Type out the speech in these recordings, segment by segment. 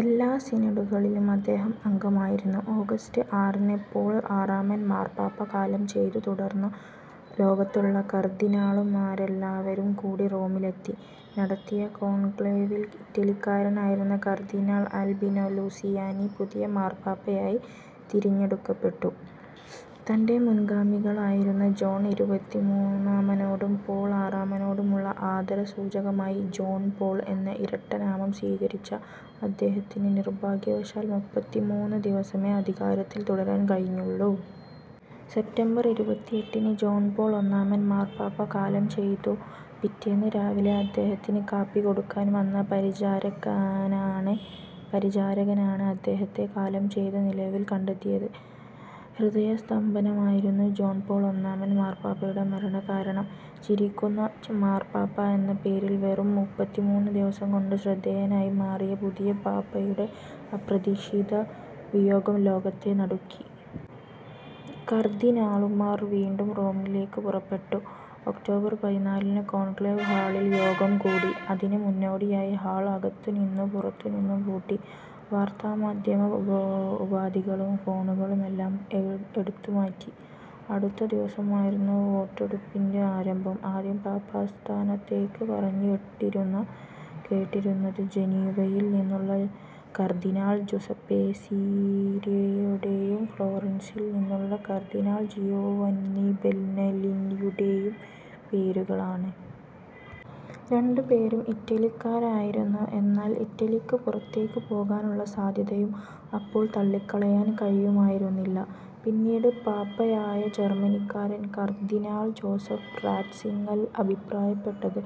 എല്ലാ സിനഡുകളിലും അദ്ദേഹം അംഗമായിരുന്നു. ഓഗസ്റ്റ് ആറിന് പോൾ ആറാമൻ മാർപ്പാപ്പ കാലം ചെയ്തു. തുടർന്ന് ലോകത്തുള്ള കർദ്ദിനാളുമാരെല്ലാവരും കൂടി റോമിലെത്തി നടത്തിയ കോൺക്ലേവിൽ ഇറ്റലിക്കാരനായിരുന്ന കർദ്ദിനാൾ അൽബിനോ ലൂസിയാനി പുതിയ മാർപ്പാപ്പയായി തിരഞ്ഞെടുക്കപ്പെട്ടു. തന്റെ മുൻഗാമികളായിരുന്ന ജോൺ ഇരുപത്തിമൂന്നാമനോടും പോൾ ആറാമനോടുമുള്ള ആദരസൂചകമായി 'ജോൺ പോൾ' എന്ന ഇരട്ടനാമം സ്വീകരിച്ച അദ്ദേഹത്തിന്, നിർഭാഗ്യവശാൽ മുപ്പത്തിമൂന്ന് ദിവസമേ അധികാരത്തിൽ തുടരാൻ കഴിഞ്ഞുള്ളൂ. സെപ്റ്റംബർ ഇരുപത്തിഎട്ടിന് ജോൺ പോൾ ഒന്നാമൻ മാർപ്പാപ്പ കാലം ചെയ്തു. പിറ്റേന്ന് രാവിലെ അദ്ദേഹത്തിന് കാപ്പി കൊടുക്കാൻ വന്ന പരിചാരകനാണ് അദ്ദേഹത്തെ കാലം ചെയ്ത നിലയിൽ കണ്ടെത്തിയത്. ഹൃദയസ്തംഭനമായിരുന്നു ജോൺ പോൾ ഒന്നാമൻ മാർപ്പാപ്പയുടെ മരണകാരണം. 'ചിരിയ്ക്കുന്ന മാർപ്പാപ്പ' എന്ന പേരിൽ വെറും മുപ്പത്തിമൂന്ന് ദിവസം കൊണ്ട് ശ്രദ്ധേയനായി മാറിയ പുതിയ പാപ്പയുടെ അപ്രതീക്ഷിതവിയോഗം ലോകത്തെ നടുക്കി. കർദ്ദിനാളുമാർ വീണ്ടും റോമിലേയ്ക്ക് പുറപ്പെട്ടു. ഒക്ടോബർ പതിനാലിന് കോൺക്ലേവ് ഹാളിൽ യോഗം കൂടി. അതിന് മുന്നോടിയായി ഹാൾ അകത്തുനിന്നും പുറത്തുനിന്നും പൂട്ടി. വാർത്താമാധ്യമ ഉപാധികളും ഫോണുകളുമെല്ലാം എടുത്തുമാറ്റി. അടുത്ത ദിവസമായിരുന്നു വോട്ടെടുപ്പിന്റെ ആരംഭം. ആദ്യം പാപ്പാസ്ഥാനത്തേയ്ക്ക് പറഞ്ഞുകേട്ടിരുന്നത് ജനീവയിൽ നിന്നുള്ള കർദ്ദിനാൾ ജുസപ്പേ സീരിയുടെയും ഫ്ലോറൻസിൽ നിന്നുള്ള കർദ്ദിനാൾ ജിയോവന്നി ബെനെല്ലിയുടെയും പേരുകളാണ്. രണ്ടുപേരും ഇറ്റലിക്കാരായിരുന്നു. എന്നാൽ, ഇറ്റലിയ്ക്ക് പുറത്തേയ്ക്ക് പോകാനുള്ള സാധ്യതയും അപ്പോൾ തള്ളിക്കളയാൻ കഴിയുമായിരുന്നില്ല. പിന്നീട് പാപ്പയായ ജർമ്മനിക്കാരൻ കർദ്ദിനാൾ ജോസഫ് റാറ്റ്സിങ്ങർ അഭിപ്രായപ്പെട്ടത്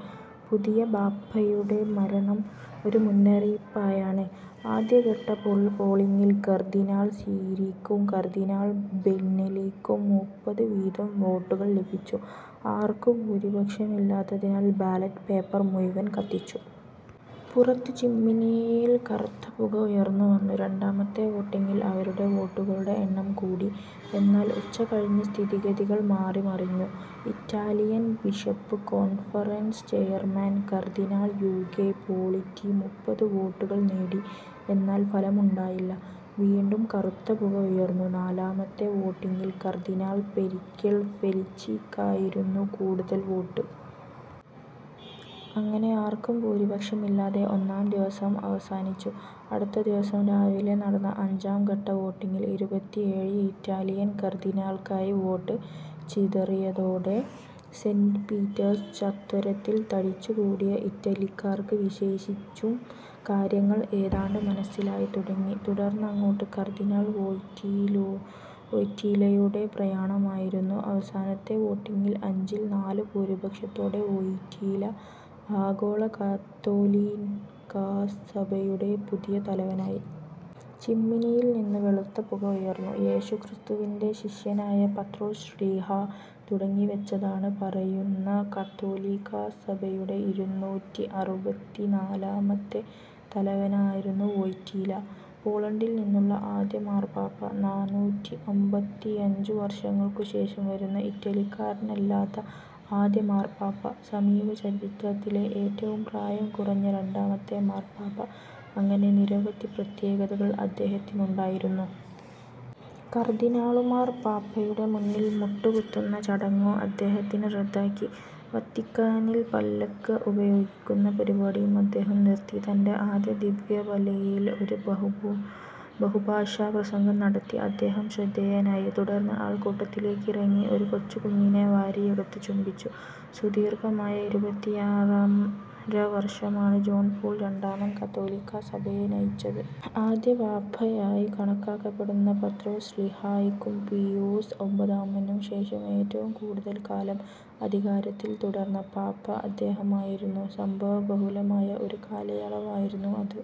പുതിയ പാപ്പയുടെ മരണം ഒരു മുന്നറിയിപ്പായാണ്. ആദ്യഘട്ട പോളിങ്ങിൽ കർദ്ദിനാൾ സീരിയ്ക്കും കർദ്ദിനാൾ ബെനെല്ലിയ്ക്കും മുപ്പത് വീതം വോട്ടുകൾ ലഭിച്ചു. ആർക്കും ഭൂരിപക്ഷമില്ലാത്തതിനാൽ ബാലറ്റ് പേപ്പർ മുഴുവൻ കത്തിച്ചു. പുറത്ത് ചിമ്മിനിയിൽ കറുത്ത പുക ഉയർന്നുവന്നു. രണ്ടാമത്തെ വോട്ടിങ്ങിൽ അവരുടെ വോട്ടുകളുടെ എണ്ണം കൂടി. എന്നാൽ ഉച്ചകഴിഞ്ഞ് സ്ഥിതിഗതികൾ മാറിമറിഞ്ഞു. Italian bishop conference chairman cardinal Ugo Poletti മുപ്പത് വോട്ടുകൾ നേടി. എന്നാൽ, ഫലമുണ്ടായില്ല. വീണ്ടും കറുത്ത പുക ഉയർന്നു. നാലാമത്തെ വോട്ടിങ്ങിൽ കർദ്ദിനാൾ പെരിക്കിൾ ഫെലിച്ചിയ്ക്കായിരുന്നു കൂടുതൽ വോട്ട്. അങ്ങനെ ആർക്കും ഭൂരിപക്ഷമില്ലാതെ ഒന്നാം ദിവസം അവസാനിച്ചു. അടുത്ത ദിവസം രാവിലെ നടന്ന അഞ്ചാം ഘട്ട വോട്ടിങ്ങിൽ ഇരുപത്തിഏഴ് ഇറ്റാലിയൻ കർദ്ദിനാൾമാർക്കായി വോട്ട് ചിതറിയതോടെ സെന്റ് പീറ്റേഴ്സ് ചത്വരത്തിൽ തടിച്ചുകൂടിയ ഇറ്റലിക്കാർക്ക് വിശേഷിച്ചും കാര്യങ്ങൾ ഏതാണ്ട് മനസ്സിലായിത്തുടങ്ങി. തുടർന്നങ്ങോട്ട് കർദ്ദിനാൾ വോയ്റ്റീലയുടെ പ്രയാണമായിരുന്നു. അവസാനത്തെ വോട്ടിങ്ങിൽ അഞ്ചിൽ നാല് ഭൂരിപക്ഷത്തോടെ വോയ്റ്റീല ആഗോള കത്തോലിക്കാസഭയുടെ പുതിയ തലവനായി. ചിമ്മിനിയിൽ നിന്ന് വെളുത്ത പുക ഉയർന്നു. യേശുക്രിസ്തുവിന്റെ ശിഷ്യനായ പത്രോസ് ശ്ലീഹാ തുടങ്ങിവച്ചതെന്ന് പറയുന്ന കത്തോലിക്കാസഭയുടെ ഇരുന്നൂറ്റിഅറുപത്തിനാലാമത്തെ തലവനായിരുന്നു വോയ്റ്റീല. പോളണ്ടിൽ നിന്നുള്ള ആദ്യ മാർപ്പാപ്പ, നാനൂറ്റിഅമ്പത്തിയഞ്ചു വർഷങ്ങൾക്കുശേഷം വരുന്ന ഇറ്റലിക്കാരനല്ലാത്ത ആദ്യ മാർപ്പാപ്പ, സമീപ ചരിത്രത്തിലെ ഏറ്റവും പ്രായം കുറഞ്ഞ രണ്ടാമത്തെ മാർപ്പാപ്പ അങ്ങനെ നിരവധി പ്രത്യേകതകൾ അദ്ദേഹത്തിനുണ്ടായിരുന്നു. കർദ്ദിനാളുമാർ പാപ്പയുടെ മുന്നിൽ മുട്ടുകുത്തുന്ന ചടങ്ങും അദ്ദേഹം റദ്ദാക്കി. വത്തിക്കാനിൽ പല്ലക്ക് ഉപയോഗിക്കുന്ന പരിപാടിയും അദ്ദേഹം നിർത്തി. തന്റെ ആദ്യ ദിവ്യബലിയിൽ ഒരു ബഹുഭാഷാപ്രസംഗം നടത്തി അദ്ദേഹം ശ്രദ്ധേയനായി. തുടർന്ന് ആൾക്കൂട്ടത്തിലേക്കിറങ്ങി ഒരു കൊച്ചുകുഞ്ഞിനെ വാരിയെടുത്ത് ചുംബിച്ചു. സുദീർഘമായ ഇരുപത്തിയാറര വർഷമാണ് ജോൺ പോൾ രണ്ടാമൻ കത്തോലിക്കാ സഭയെ നയിച്ചത്. ആദ്യ പാപ്പയായി കണക്കാക്കപ്പെടുന്ന പത്രോസ് ശ്ലീഹായ്ക്കും, പീയൂസ് ഒമ്പതാമനും ശേഷം ഏറ്റവും കൂടുതൽ കാലം അധികാരത്തിൽ തുടർന്ന പാപ്പ അദ്ദേഹമായിരുന്നു. സംഭവബഹുലമായ ഒരു കാലയളവായിരുന്നു അത്.